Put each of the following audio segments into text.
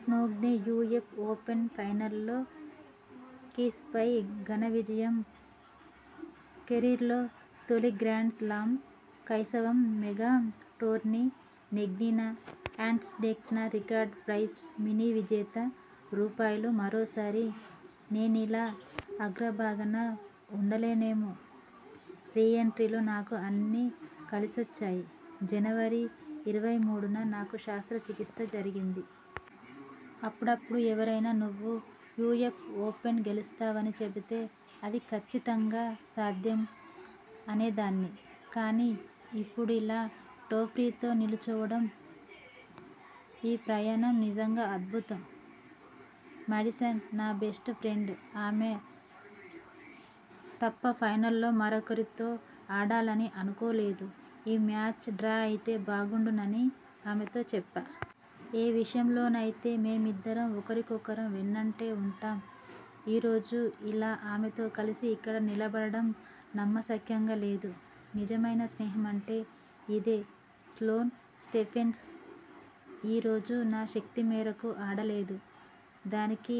స్లోన్దే US open ఫైనల్లో Keys పై ఘన విజయం కెరీర్లో తొలి గ్రాండ్స్ లామ్ కైసవం మెగా టోర్నీ నెగ్గిన అన్సీడెడ్గా రికార్డు ప్రైజ్ మనీ విజేత రూపాయలు. మరోసారి నేనిలా అ గ్రభాగాన ఉండలేనేమో! రీ ఎంట్రీలో నాకు అన్నీ కలిసొచ్చాయి. జనవరి ఇరవై మూడున నాకు శస్త్ర చికిత్స జరిగింది. అప్పుడు ఎవరైనా నువ్వు యూఎస్ ఓపెన్ గెలుస్తావని చెబితే అది కచ్చి తంగా అసాధ్యం అనేదాన్ని. కానీ, ఇప్పుడిలా ట్రోఫీతో నిలుచోవడం.. ఈ ప్రయాణం నిజంగా అద్భుతం. మాడిసన్ నా బెస్ట్ ఫ్రెండ్. ఆమె తప్ప ఫైనల్లో మరొకరితో ఆడాలని అనుకోలేదు. ఈ మ్యాచ్ డ్రా అయితే బాగుండని ఆమెతో చెప్పా. ఏ విషయంలోనైతె మేమిద్దరం ఒకరికొకరం వెన్నంటే ఉంటాం. ఈ రోజు అలా ఆమెతో కలిసి ఇక్కడ నిలబడడం నమ్మశక్యంగా లేదు. నిజమైన స్నేహం అంటే అదే. స్లోన్ స్టీఫెన్స్ ఈ రోజు నా శక్తి మేరకు ఆడలేదు. దానికి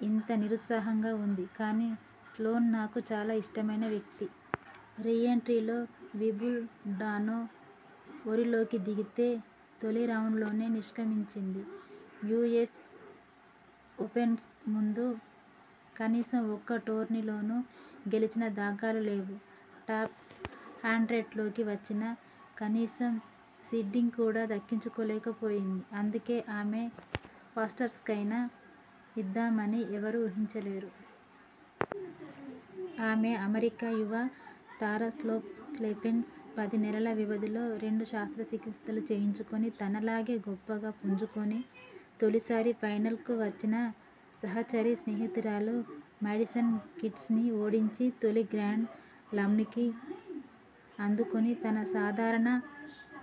కొంత నిరుత్సాహంగా ఉంది. కానీ, స్లోన్ నాకు చాలా ఇష్టమైన వ్యక్తి. రీ ఎంట్రీలో వింబుల్ డన్లో బరిలోకి దిగితే తొలి రౌండ్లోనే నిష్క్రమించింది! యూఎస్ ఓపెన్కు ముందు కనీసం ఒక్క టోర్నీ లోనూ గెలిచిన దాఖలాలు లేవు. టాప్-హండ్రెడ్ లోకి వచ్చినా., కనీసం సీడింగ్ కూడా దక్కించుకోలేక పోయింది! అందుకే.. ఆమె క్వార్టర్స్ కైనా వస్తుందని ఎవరూ ఊహించలేదు. ఆమే అమెరికా యువ తార స్లోన్ స్టీఫెన్స్ పది నెలల వ్యవధిలో రెండు శస్త్రచికిత్సలు చేయించుకొని, తనలాగే గొప్పగా పుంజుకొని, తొలిసారి ఫైనల్కు వచ్చిన సహచరి, స్నేహితురాలు మాడిసన్ కీస్ను ఓడించి తొలి గ్రాండ్స్ లామ్ను అందుకుంది. తన సాధారణ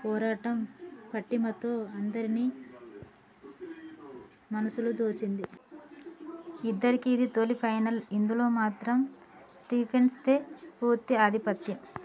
పోరాట పటిమతో అందరిని మనసులూ దోచింది. ఇద్దరికీ ఇది తొలి ఫైనల్. ఇందులో మాత్రం స్టీఫెన్స్ దే పూర్తి ఆధిపత్యం.